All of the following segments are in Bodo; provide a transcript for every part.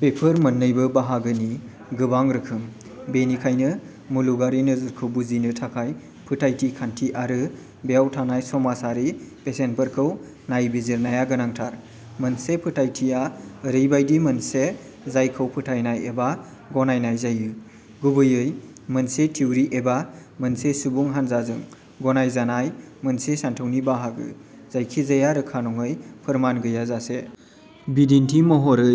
बेफोर मोन्नैबो बाहागोनि गोबां रोखोम। बेनिखायनो मुलुगारि नोजोरखौ बुजिनो थाखाय फोथायथि खान्थि आरो बेयाव थानाय समाजारि बेसेनफोरखौ नायबिजिरनाया गोनांथार। मोनसे फोथायथिआ ओरैबायदि मोनसे जायखौ फोथायनाय एबा गनायनाय जायो, गुबैयै मोनसे थिउरि एबा मोनसे सुबुं हान्जाजों गनायजानाय मोनसे सानथौनि बाहागो, जायखिजाया रोखा नङै फोरमान गैयाजासे। बिदिन्थि महरै,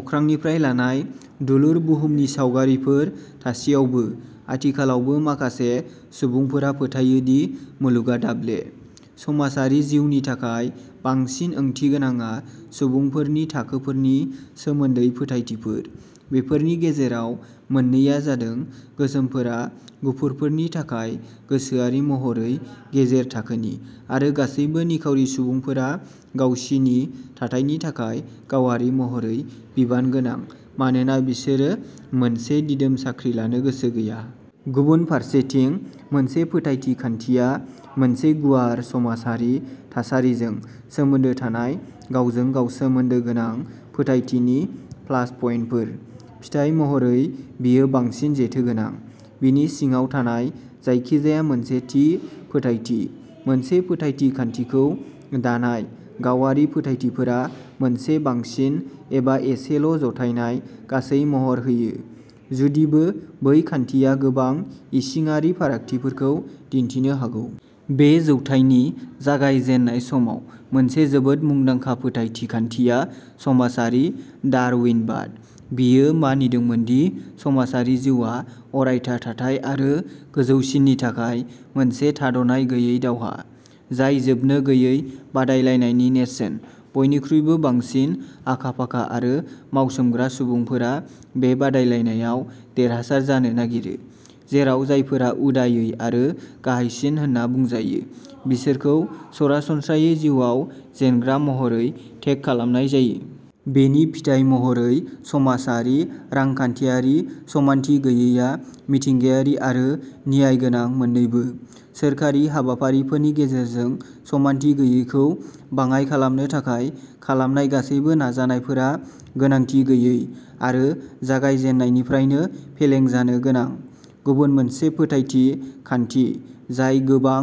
अख्रांनिफ्राय लानाय दुलुर बुहुमनि सावगारिफोर थासेयावबो, आथिखालावबो माखासे सुबुंफोरा फोथायो दि मुलुगआ दाब्ले। समाजारि जिउनि थाखाय बांसिन ओंथिगोनांआ सुबुंफोरनि थाखोफोरनि सोमोन्दै फोथायथिफोर। बेफोरनि गेजेराव मोननैआ जादों गोसोमफोरा गुफुरफोरनि थाखाय गोसोआरि महरै गेजेर थाखोनि, आरो गासैबो निखावरि सुबुंफोरा गावसिनि थाथायनि थाखाय गावारि महरै बिबान गोनां मानोना बिसोरो मोनसे दिदोम साख्रि लानो गोसो गैया। गुबुन फारसेथिं, मोनसे फोथायथि खान्थिया मोनसे गुवार समाजारि थासारिजों सोमोन्दो थानाय गावजों-गाव सोमोन्दो गोनां फोथायथिनि प्लास पइन्टफोर। फिथाय महरै, बेयो बांसिन जेथोगोनां। बिनि सिङाव थानाय जायखिजाया मोनसे थि फोथायथि। मोनसे फोथायथि खान्थिखौ दानाय गावारि फोथायथिफोरा मोनसे बांसिन एबा एसेल' जथायनाय गासै महर होयो, जुदिबो बै खान्थिया गोबां इसिङारि फारागथिफोरखौ दिन्थिनो हागौ। बे जौथाइनि जागायजेन्नाय समाव मोनसे जोबोद मुंदांखा फोथायथि खान्थिया समाजारि डारउइनबाद। बेयो मानिदोंमोन दि समाजारि जिउआ अरायथा थाथाय आरो गोजौसिननि थाखाय मोनसे थाद'नाय गैयै दावहा, जाय जोबनो गैयै बादायलायनायनि नेरसोन। बयनिख्रुइबो बांसिन आखा-फाखा आरो मावसोमग्रा सुबुंफोरा बे बादायलायनायाव देरहासार जानो नागिरो, जेराव जायफोरा उदायै आरो गाहायसिन होनना बुंजायो, बिसोरखौ सरासनस्रायै जिउआव जेनग्रा महरै टेग खालामनाय जायो। बेनि फिथाय महरै, समाजारि रांखान्थियारि समानथि गैयैआ मिथिंगायारि आरो न्यायगोनां मोन्नैबो। सोरखारि हाबाफारिफोरनि गेजेरजों समानथि गैयैखौ बाङाइ खालामनो थाखाय खालामनाय गासैबो नाजानायफोरा गोनांथि गैयै आरो जागायजेन्नायनिफ्रायनो फेलें जानो गोनां। गुबुन मोनसे फोथायथि खान्थि जाय गोबां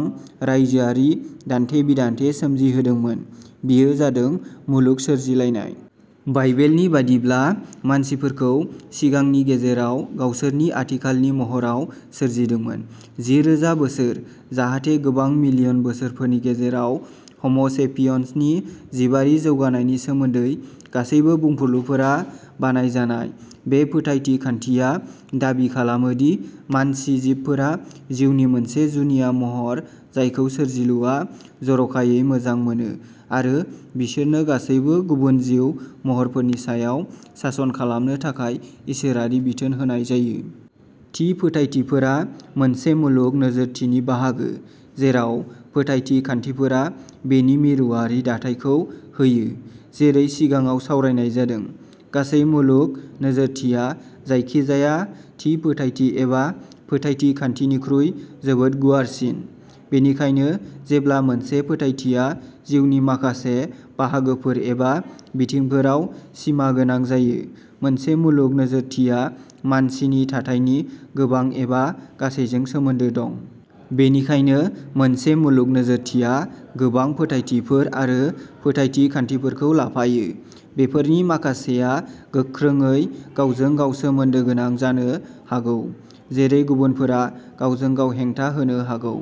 रायजोआरि दान्थे-बिदान्थे सोमजिहोदोंमोन बेयो जादों मुलुग सोरजिलायनाय। बाइबेलनि बायदिब्ला, मानसिफोरखौ सिगांनि गेजेराव गावसोरनि आथिखालनि महराव सोरजिदोंमोन। जिरोजा बोसोर, जाहाथे गोबां मिलियन बोसोरफोरनि गेजेराव हम'सेपियन्सनि जिबारि जौगानायनि सोमोन्दै गासैबो बुंफुरलुफोरा बानायजानाय। बे फोथायथि खान्थिया दाबि खालामो दि मानसि जिबफोरा जिउनि मोनसे जुनिया महर जायखौ सोरजिलुआ जरखायै मोजां मोनो आरो बिसोरनो गासैबो गुबुन जिउ महरफोरनि सायाव सासन खालामनो थाखाय इसोरारि बिथोन होनाय जायो। थि फोथायथिफोरा मोनसे मुलुग नोजोरथिनि बाहागो, जेराव फोथायथि खान्थिफोरा बेनि मिरुआरि दाथायखौ होयो। जेरै सिगाङाव सावरायनाय जादों, गासै मुलुग नोजोरथिया जायखिजाया थि फोथायथि एबा फोथायथि खान्थिनिख्रुइ जोबोद गुवारसिन। बेनिखायनो जेब्ला मोनसे फोथायथिआ जिउनि माखासे बाहागोफोर एबा बिथिंफोराव सिमागोनां जायो, मोनसे मुलुग नोजोरथिया मानसिनि थाथायनि गोबां एबा गासैजों सोमोन्दो दं। बेनिखायनो, मोनसे मुलुग नोजोरथिया गोबां फोथायथिफोर आरो फोथायथि खान्थिफोरखौ लाफायो। बेफोरनि माखासेया गोख्रोंयै गावजों-गाव सोमोन्दो गोनां जानो हागौ, जेरै गुबुनफोरा गावजों-गाव हेंथा होनो हागौ।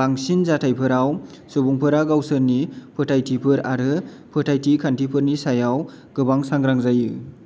बांसिन जाथायफोराव, सुबुंफोरा गावसोरनि फोथायथिफोर आरो फोथायथि खान्थिफोरनि सायाव गोबां सांग्रां जायो।